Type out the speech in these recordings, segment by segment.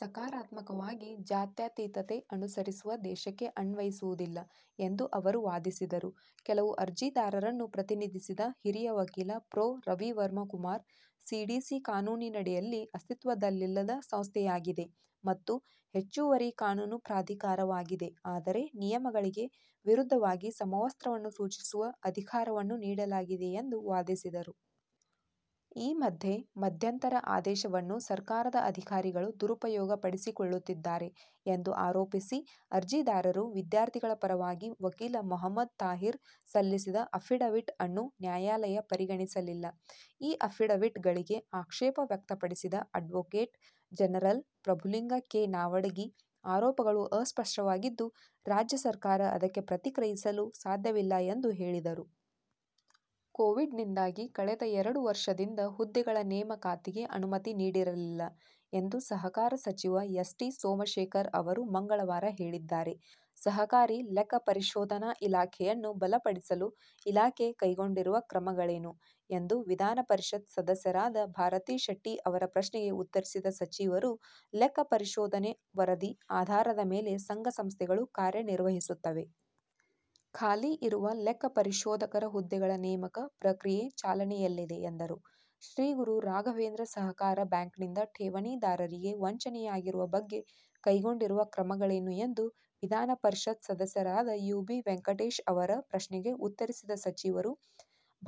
ಸಕಾರಾತ್ಮಕವಾಗಿ ಜಾತ್ಯತೀತತೆ ಅನುಸರಿಸುವ ದೇಶಕ್ಕೆ ಅನ್ವಯಿಸುವುದಿಲ್ಲ ಎಂದು ಅವರು ವಾದಿಸಿದರು. ಕೆಲವು ಅರ್ಜಿದಾರರನ್ನು ಪ್ರತಿನಿಧಿಸಿದ ಹಿರಿಯ ವಕೀಲ ಪ್ರೊ. ರವಿವರ್ಮ ಕುಮಾರ್, ಸಿಡಿಸಿ ಕಾನೂನಿನಡಿಯಲ್ಲಿ ಅಸ್ತಿತ್ವದಲ್ಲಿಲ್ಲದ ಸಂಸ್ಥೆಯಾಗಿದೆ ಮತ್ತು ಹೆಚ್ಚುವರಿ ಕಾನೂನು ಪ್ರಾಧಿಕಾರವಾಗಿದೆ ಆದರೆ ನಿಯಮಗಳಿಗೆ ವಿರುದ್ಧವಾಗಿ ಸಮವಸ್ತ್ರವನ್ನು ಸೂಚಿಸುವ ಅಧಿಕಾರವನ್ನು ನೀಡಲಾಗಿದೆ ಎಂದು ವಾದಿಸಿದರು. ಈ ಮಧ್ಯೆ ಮಧ್ಯಂತರ ಆದೇಶವನ್ನು ಸರ್ಕಾರದ ಅಧಿಕಾರಿಗಳು ದುರುಪಯೋಗಪಡಿಸಿಕೊಳ್ಳುತ್ತಿದ್ದಾರೆ ಎಂದು ಆರೋಪಿಸಿ ಅರ್ಜಿದಾರರು-ವಿದ್ಯಾರ್ಥಿಗಳ ಪರವಾಗಿ ವಕೀಲ ಮೊಹಮ್ಮದ್ ತಾಹಿರ್ ಸಲ್ಲಿಸಿದ ಅಫಿಡವಿಟ್ ಅನ್ನು ನ್ಯಾಯಾಲಯ ಪರಿಗಣಿಸಲಿಲ್ಲ. ಈ ಅಫಿಡವಿಟ್ ಗಳಿಗೆ ಆಕ್ಷೇಪ ವ್ಯಕ್ತಪಡಿಸಿದ advocate general Prabhulinga K Navadagi ಆರೋಪಗಳು ಅಸ್ಪಷ್ಟವಾಗಿದ್ದು, ರಾಜ್ಯ ಸರ್ಕಾರ ಅದಕ್ಕೆ ಪ್ರತಿಕ್ರಿಯಿಸಲು ಸಾಧ್ಯವಿಲ್ಲ ಎಂದು ಹೇಳಿದರು. ಕೋವಿಡ್ ನಿಂದಾಗಿ ಕಳೆದ ಎರಡು ವರ್ಷದಿಂದ ಹುದ್ದೆಗಳ ನೇಮಕಾತಿಗೆ ಅನುಮತಿ ನೀಡಿರಲಿಲ್ಲ ಎಂದು ಸಹಕಾರ ಸಚಿವ ಎಸ್. ಟಿ. ಸೋಮಶೇಖರ್ ಅವರು ಮಂಗಳವಾರ ಹೇಳಿದ್ದಾರೆ. ಸಹಕಾರಿ ಲೆಕ್ಕಪರಿಶೋಧನಾ ಇಲಾಖೆಯನ್ನು ಬಲಪಡಿಸಲು ಇಲಾಖೆ ಕೈಗೊಂಡಿರುವ ಕ್ರಮಗಳೇನು ಎಂದು ವಿಧಾನಪರಿಷತ್ ಸದಸ್ಯರಾದ ಭಾರತಿ ಶೆಟ್ಟಿ ಅವರ ಪ್ರಶ್ನೆಗೆ ಉತ್ತರಿಸಿದ ಸಚಿವರು, ಲೆಕ್ಕ ಪರಿಶೋಧನೆ ವರದಿ ಆಧಾರದ ಮೇಲೆ ಸಂಘ ಸಂಸ್ಥೆಗಳು ಕಾರ್ಯ ನಿರ್ವಹಿಸುತ್ತವೆ. ಖಾಲಿ ಇರುವ ಲೆಕ್ಕ ಪರಿಶೋಧಕರ ಹುದ್ದೆಗಳ ನೇಮಕ ಪ್ರಕ್ರಿಯೆ ಚಾಲನೆಯಲ್ಲಿದೆ ಎಂದರು. ಶ್ರೀಗುರು ರಾಘವೇಂದ್ರ ಸಹಕಾರ ಬ್ಯಾಂಕ್ ನಿಂದ ಠೇವಣಿದಾರರಿಗೆ ವಂಚನೆಯಾಗಿರುವ ಬಗ್ಗೆ ಕೈಗೊಂಡಿರುವ ಕ್ರಮಗಳೇನು ಎಂದು ವಿಧಾನಪರಿಷತ್ ಸದಸ್ಯರಾದ ಯು. ಬಿ. ವೆಂಕಟೇಶ್ ಅವರ ಪ್ರಶ್ನೆಗೆ ಉತ್ತರಿಸಿದ ಸಚಿವರು,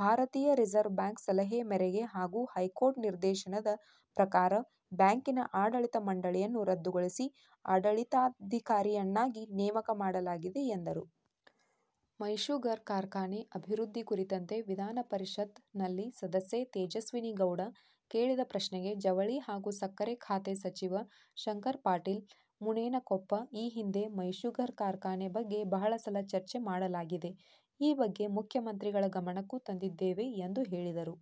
ಭಾರತೀಯ ರಿಸರ್ವ್ ಬ್ಯಾಂಕ್ ಸಲಹೆ ಮೇರೆಗೆ ಹಾಗೂ ಹೈಕೋರ್ಟ್ ನಿರ್ದೇಶನದ ಪ್ರಕಾರ ಬ್ಯಾಂಕಿನ ಆಡಳಿತ ಮಂಡಳಿಯನ್ನು ರದ್ದುಗೊಳಿಸಿ ಆಡಳಿತಾಧಿಕಾರಿಯನ್ನಾಗಿ ನೇಮಕ ಮಾಡಲಾಗಿದೆ ಎಂದರು. ಮೈಷುಗರ್ ಕಾರ್ಖಾನೆ ಅಭಿವೃದ್ಧಿ ಕುರಿತಂತೆ ವಿಧಾನಪರಿಷತ್ ನಲ್ಲಿ ಸದಸ್ಯೆ ತೇಜಸ್ವಿನಿ ಗೌಡ ಕೇಳಿದ ಪ್ರಶ್ನೆಗೆ ಜವಳಿ ಹಾಗೂ ಸಕ್ಕರೆ ಖಾತೆ ಸಚಿವ ಶಂಕರ್ ಪಾಟೀಲ್ ಮುನೇನಕೊಪ್ಪ, ಈ ಹಿಂದೆ ಮೈಷುಗರ್ ಕಾರ್ಖಾನೆ ಬಗ್ಗೆ ಬಹಳ ಸಲ ಚರ್ಚೆ ಮಾಡಲಾಗಿದೆ. ಈ ಬಗ್ಗೆ ಮುಖ್ಯಮಂತ್ರಿಗಳ ಗಮನಕ್ಕೂ ತಂದಿದ್ದೇವೆ ಎಂದು ಹೇಳಿದರು.